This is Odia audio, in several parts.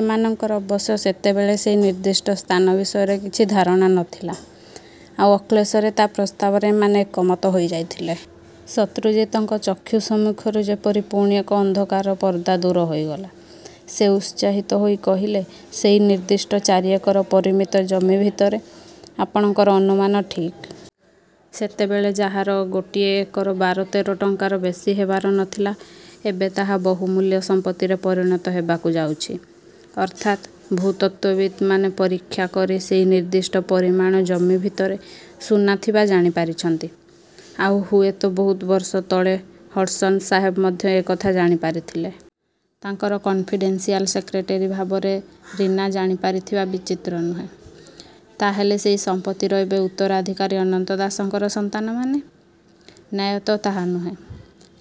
ଏମାନଙ୍କର ଅବଶ୍ୟ ସେତେବେଳେ ସେଇ ନିର୍ଦ୍ଦିଷ୍ଟ ସ୍ଥାନ ବିଷୟରେ କିଛି ଧାରଣା ନ ଥିଲା। ଆଉ ଅକ୍ଲେଶରେ ତା' ପ୍ରସ୍ତାବରେ ଏମାନେ ଏକମତ ହୋଇଯାଇଥିଲେ। ' ଶତ୍ରୁଜିତଙ୍କ ଚକ୍ଷୁ ସମ୍ମୁଖରୁ ଯେପରି ପୁଣି ଏକ ଅନ୍ଧକାର ପର୍ଦ୍ଦା ଦୂର ହୋଇଗଲା। ସେ ଉତ୍ସାହିତ ହୋଇ କହିଲେ, 'ସେଇ ନିର୍ଦ୍ଦିଷ୍ଟ ଚାରି ଏକର ପରିମିତ ଜମି ଭିତରେ' 'ଆପଣଙ୍କର ଅନୁମାନ ଠିକ୍। ସେତେବେଳେ ଯାହାର ଗୋଟିଏ ଏକର ବାର ତେର ଟଙ୍କାର ବେଶୀ ହେବାର ନ ଥିଲା, ଏବେ ତାହା ବହୁମୂଲ୍ୟ ସମ୍ପତ୍ତିରେ ପରିଣତ ହେବାକୁ ଯାଉଛି। ଅର୍ଥାତ ଭୂତତ୍ତ୍ୱବିତ୍ମାନେ ପରୀକ୍ଷା କରି ସେଇ ନିର୍ଦ୍ଦଷ୍ଟ ପରିମାଣ ଜମି ଭିତରେ ସୁନା ଥିବା ଜାଣିପାରିଛନ୍ତି। ଆଉ ହୁଏତ ବହୁତ ବର୍ଷ ତଳେ ହଡ୍ସନ ସାହେବ ମଧ୍ୟ ଏକଥା ଜାଣିପାରିଥିଲେ। ତାଙ୍କର କନ୍ଫିଡେନସିଆଲ ସେକ୍ରେଟେରୀ ଭାବରେ ରୀନା ଜାଣିପାରିଥିବା ବିଚିତ୍ର ନୁହେଁ। ' 'ତା' ହେଲେ ସେଇ ସମ୍ପତ୍ତିର ଏବେ ଉତ୍ତରାଧିକାରୀ ଅନନ୍ତ ଦାସଙ୍କର ସନ୍ତାନମାନେ? ' 'ନ୍ୟାୟତଃ ତାହା ନୁହେଁ।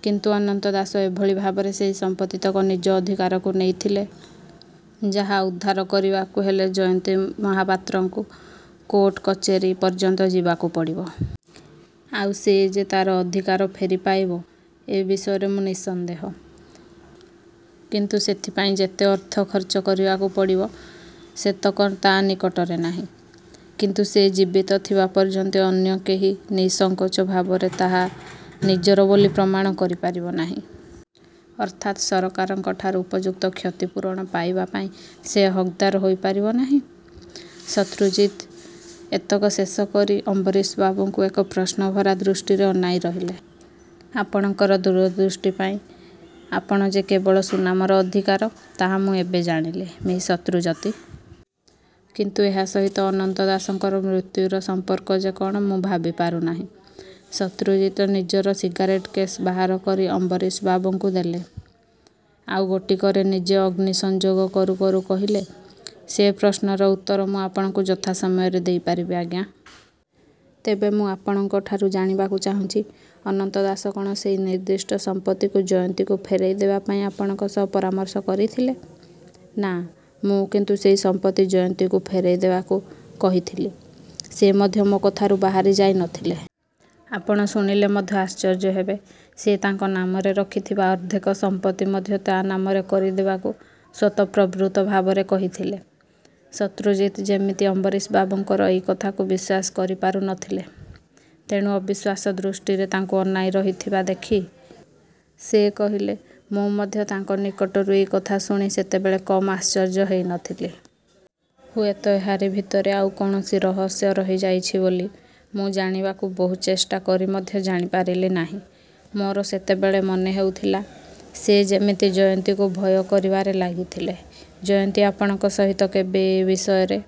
କିନ୍ତୁ ଅନନ୍ତ ଦାସ ଏଭଳି ଭାବରେ ସେଇ ସମ୍ପତ୍ତିତକ ନିଜ ଅଧିକାରକୁ ନେଇଥିଲେ, ଯାହା ଉଦ୍ଧାର କରିବାକୁ ହେଲେ ଜୟନ୍ତୀ ମହାପାତ୍ରକୁ କୋର୍ଟ କଚେରୀ ପର୍ଯ୍ୟନ୍ତ ଯିବାକୁ ପଡ଼ିବ। ଆଉ ସେ ଯେ ତା'ର ଅଧିକାର ଫେରିପାଇବ ଏ ବିଷୟରେ ମୁଁ ନିଃସନ୍ଦେହ। କିନ୍ତୁ ସେଥିପାଇଁ ଯେତେ ଅର୍ଥ ଖର୍ଚ୍ଚ କରିବାକୁ ପଡ଼ିବ, ସେତକ ତାନିକଟରେ ନାହିଁ। ' 'କିନ୍ତୁ ସେ ଜୀବିତ ଥିବା ପର୍ଯ୍ୟନ୍ତ ଅନ୍ୟ କେହି ନିଃସଙ୍କୋଚ ଭାବରେ ତାହା ନିଜର ବୋଲି ପ୍ରମାଣ କରିପାରିବ ନାହିଁ। ଅର୍ଥାତ୍ ସରକାରଙ୍କଠାରୁ ଉପଯୁକ୍ତ କ୍ଷତିପୂରଣ ପାଇବାପାଇଁ ସେ ହକ୍ଦାର ହୋଇପାରିବ ନାହିଁ? ' ଶତ୍ରୁଜିତ ଏତକ ଶେଷ କରି ଅମ୍ବରୀଶ ବାବୁଙ୍କୁ ଏକ ପ୍ରଶ୍ନଭରା ଦୃଷ୍ଟିରେ ଅନାଇ ରହିଲେ। 'ଆପଣଙ୍କର ଦୂରଦୃଷ୍ଟି ପାଇଁ ଆପଣ ଯେ କେବଳ ସୁନାମର ଅଧିକାର, ତାହା ମୁଁ ଏବେ ଜାଣିଲି, ମି: ଶତ୍ରୁଜତି! କିନ୍ତୁ ଏହା ସହିତ ଅନନ୍ତ ଦାସଙ୍କର ମୃତ୍ୟୁର ସମ୍ପର୍କ ଯେ କ'ଣ ମୁଁ ଭାବିପାରୁନାହିଁ। ' ଶତ୍ରୁଜିତ ନିଜର ସିଗାରେଟ କେସ୍। ବାହାର କରି ଅମ୍ବରୀଶ ବାବୁଙ୍କୁ ଦେଲେ। ଆଉ ଗୋଟିକରେ ନିଜେ ଅଗ୍ନିସଂଯୋଗ କରୁ କରୁ କହିଲେ, 'ସେ ପ୍ରଶ୍ନର ଉତ୍ତର ମୁଁ ଆପଣଙ୍କୁ ଯଥାସମୟରେ ଦେଇପାରିବି, ଆଜ୍ଞା! ତେବେ ମୁଁ ଆପଣଙ୍କଠାରୁ ଜାଣିବାକୁ ଚାହୁଁଛି, ଅନନ୍ତ ଦାସ କ'ଣ ସେଇ ନିର୍ଦ୍ଦିଷ୍ଟ ସମ୍ପତ୍ତିକୁ ଜୟନ୍ତୀକୁ ଫେରାଇ ଦେବାପାଇଁ ଆପଣଙ୍କ ସହ ପରାମର୍ଶ କରିଥିଲେ-? ' 'ନା। ମୁଁ କିନ୍ତୁ ସେଇ ସମ୍ପତ୍ତି ଜୟନ୍ତୀକୁ ଫେରାଇ ଦେବାକୁ କହିଥିଲି। ସେ ମଧ୍ୟ ମୋ କଥାରୁ ବାହାରିଯାଇ ନ ଥିଲେ। ଆପଣ ଶୁଣିଲେ ମଧ୍ୟ ଆଶ୍ଚର୍ଯ୍ୟ ହେବେ, ସେ ତାଙ୍କ ନାମରେ ରଖିଥିବା ଅର୍ଦ୍ଧେକ ସମ୍ପତ୍ତି ମଧ୍ୟ ତା' ନାମରେ କରିଦେବାକୁ ସ୍ୱତଃପ୍ରବୃତ୍ତ ଭାବରେ କହିଥିଲେ। ' ଶତ୍ରୁଜିତ ଯେମିତି ଅମ୍ବରୀଶବାବୁଙ୍କର ଏଇ କଥାକୁ ବିଶ୍ୱାସ କରିପାରୁ ନ ଥିଲେ। ତେଣୁ ଅବିଶ୍ୱାସ୍ୟ ଦୃଷ୍ଟିରେ ତାଙ୍କୁ ଅନାଇ ରହିଥିବା ଦେଖି ସେ କହିଲେ, 'ମୁଁ ମଧ୍ୟ ତାଙ୍କ ନିକଟରୁ ଏଇ କଥା ଶୁଣି ସେତେବେଳେ କମ୍ ଆଶ୍ଚର୍ଯ୍ୟ ହେଇ ନ ଥିଲି। ହୁଏତ ଏହାରି ଭିତରେ ଆଉ କୌଣସି ରହସ୍ୟ ରହିଯାଇଛି ବୋଲି ମୁଁ ଜାଣିବାକୁ ବହୁ ଚେଷ୍ଟା କରି ମଧ୍ୟ ଜାଣିପାରିଲି ନାହିଁ। ମୋର ସେତେବେଳେ ମନେହେଉଥିଲା, ସେ ଯେମିତି ଜୟନ୍ତୀକୁ ଭୟ କରିବାରେ ଲାଗିଥିଲେ। ' 'ଜୟନ୍ତୀ ଆପଣଙ୍କ ସହିତ କେବେ ଏ ବିଷୟରେ